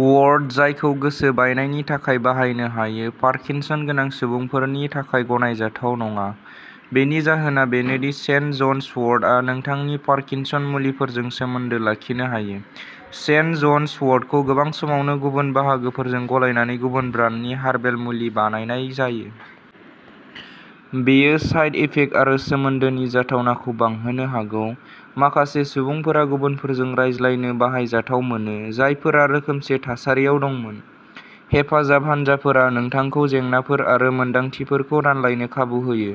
वर्ट, जायखौ गोसो बायनायनि थाखाय बाहायनो हायो, पार्किनसन गोनां सुबुंफोरनि थाखाय गनायजाथाव नङा। बेनि जाहोना बेनो दि सेन्ट जन्स वर्टआ नोंथांनि पार्किनसन मुलिफोरजों सोमोन्दो लाखिनो हायो। सेन्ट जन्स वर्टखौ गोबां समावनो गुबुन बाहागोफोरजों गलायनानै गुबुन ब्रान्डनि हार्बेल मुलि बानायनाय जायो। बेयो साइड इफेक्ट आरो सोमोन्दोनि जाथावनाखौ बांहोनो हागौ। माखासे सुबुंफोरा गुबुनफोरजों रायज्लायनो बाहायजाथाव मोनो, जायफोरा रोखोमसे थासारियाव दंमोन। हेफाजाब हानजाफोरा नोंथांखौ जेंनाफोर आरो मोनदांथिफोरखौ रानलायनो खाबु होयो।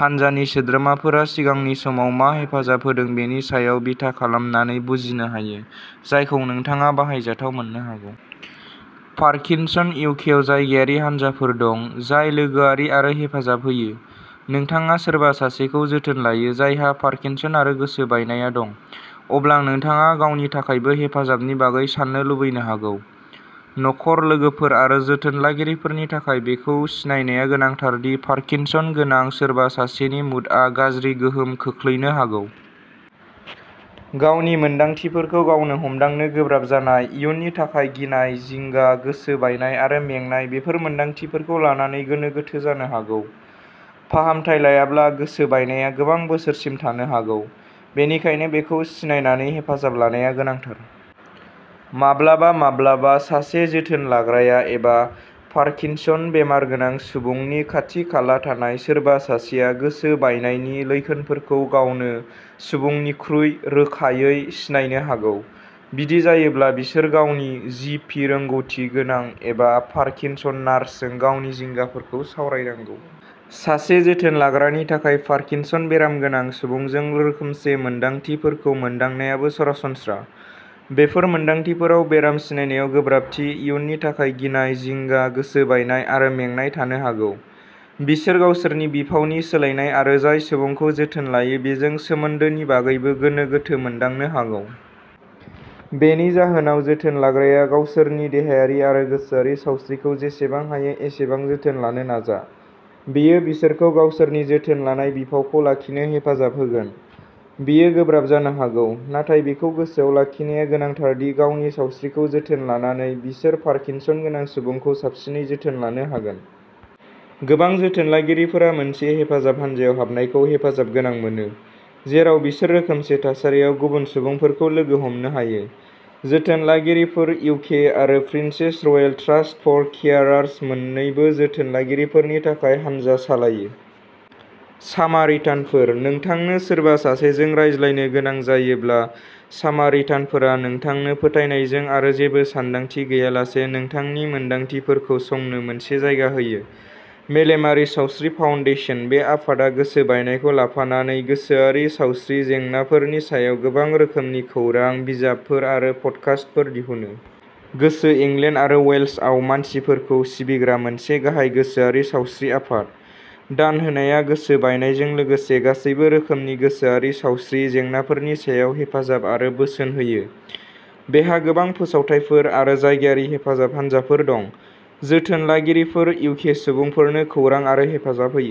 हान्जानि सोद्रोमाफोरा सिगांनि समाव मा हेफाजाब होदों बेनि सायाव बिथा खालामनानै बुजिनो हायो, जायखौ नोंथाङा बाहायजाथाव मोननो हागौ। पार्किनसन इउकेआव जायगायारि हानजाफोर दं, जाय लोगोआरि आरो हेफाजाब होयो। नोंथाङा सोरबा सासेखौ जोथोन लायो, जायहा पार्किनसन आरो गोसो बायनाया दं, अब्ला नोंथाङा गावनि थाखायबो हेफाजाबनि बागै साननो लुबैनो हागौ। नखर, लोगोफोर आरो जोथोन लागिरिफोरनि थाखाय बेखौ सिनायनाया गोनांथार दि पार्किनसन गोनां सोरबा सासेनि मुडआ गाज्रि गोहोम खोख्लैनो हागौ। गावनि मोन्दांथिफोरखौ गावनो हमदांनो गोब्राब जानाय, इयुननि थाखाय गिनाय, जिंगा, गोसो बायनाय आरो मेंनाय बेफोर मोन्दांथिफोरखौ लानानै गोनो गोथो जानो हागौ। फाहामथाय लायाब्ला गोसो बायनाया गोबां बोसोरसिम थानो हागौ, बेनिखायनो बेखौ सिनायनानै हेफाजाब लानाया गोनांथार। माब्लाबा-माब्लाबा सासे जोथोन लाग्राया एबा पार्किनसन बेराम गोनां सुबुंनि खाथि-खाला थानाय सोरबा सासेआ गोसो बायनायनि लैखोनफोरखौ गावनो सुबुंनिख्रुइ रोखायै सिनायनो हागौ। बिदि जायोब्ला, बिसोर गावनि जि. पि., रोंग'थि गोनां एबा पार्किनसन नार्सजों गावनि जिंगाफोरखौ सावरायनांगौ। सासे जोथोन लाग्रानि थाखाय पार्किनसन बेराम गोनां सुबुंजों रोखोमसे मोन्दांथिफोरखौ मोनदांनायाबो सरासनस्रा। बेफोर मोनदांथिफोराव बेराम सिनायनायाव गोब्राबथि, इयुननि थाखाय गिनाय, जिंगा, गोसो बायनाय आरो मेंनाय थानो हागौ। बिसोर गावसोरनि बिफावनि सोलायनाय आरो जाय सुबुंखौ जोथोन लायो बेजों सोमोन्दोनि बागैबो गोनो गोथो मोनदांनो हागौ। बेनि जाहोनाव, जोथोन लाग्राया गावसोरनि देहायारि आरो गोसोआरि सावस्रिखौ जेसेबां हायो एसेबां जोथोन लानो नाजा। बेयो बिसोरखौ गावसोरनि जोथोन लानाय बिफावखौ लाखिनो हेफाजाब होगोन। बेयो गोब्राब जानो हागौ, नाथाय बेखौ गोसोआव लाखिनाया गोनांथार दि गावनि सावस्रिखौ जोथोन लानानै, बिसोर पार्किनसन गोनां सुबुंखौ साबसिनै जोथोन लानो हागोन। गोबां जोथोन लागिरिफोरा मोनसे हेफाजाब हान्जायाव हाबनायखौ हेफाजाब गोनां मोनो, जेराव बिसोर रोखोमसे थासारियाव गुबुन सुबुंफोरखौ लोगो हमनो हायो। जोथोन लागिरिफोर इउके आरो Princess Royal Trust for Carers मोन्नैबो जोथोन लागिरिफोरनि थाखाय हानजा सालायो। सामारिटानफोर नोंथांनो सोरबा सासेजों रायज्लायनो गोनां जायोब्ला, सामारिटानफोरा नोंथांनो फोथायनायजों आरो जेबो सानदांथि गैयालासे नोंथांनि मोनदांथिफोरखौ संनो थाखाय मोनसे जायगा होयो। मेलेमारि सावस्रि फाउन्डेसन बे आफादआ गोसोबायनायखौ लाफानानै गोसोआरि सावस्रि जेंनाफोरनि सायाव गोबां रोखोमनि खौरां, बिजाबफोर आरो पडकास्टफोर दिहुनो। गोसो इंलेण्ड आरो वेल्सआव मानसिफोरखौ सिबिग्रा मोनसे गाहाय गोसोआरि सावस्रि आफाद। दान होनाया गोसो बायनायजों लोगोसे गासैबो रोखोमनि गोसोआरि सावस्रि जेंनाफोरनि सायाव हेफाजाब आरो बोसोन होयो। बेहा गोबां फोसावथायफोर आरो जायगायारि हेफाजाब हानजाफोर दं। जोथोन लागिरिफोर इउके सुबुंफोरनो खौरां आरो हेफाजाब होयो।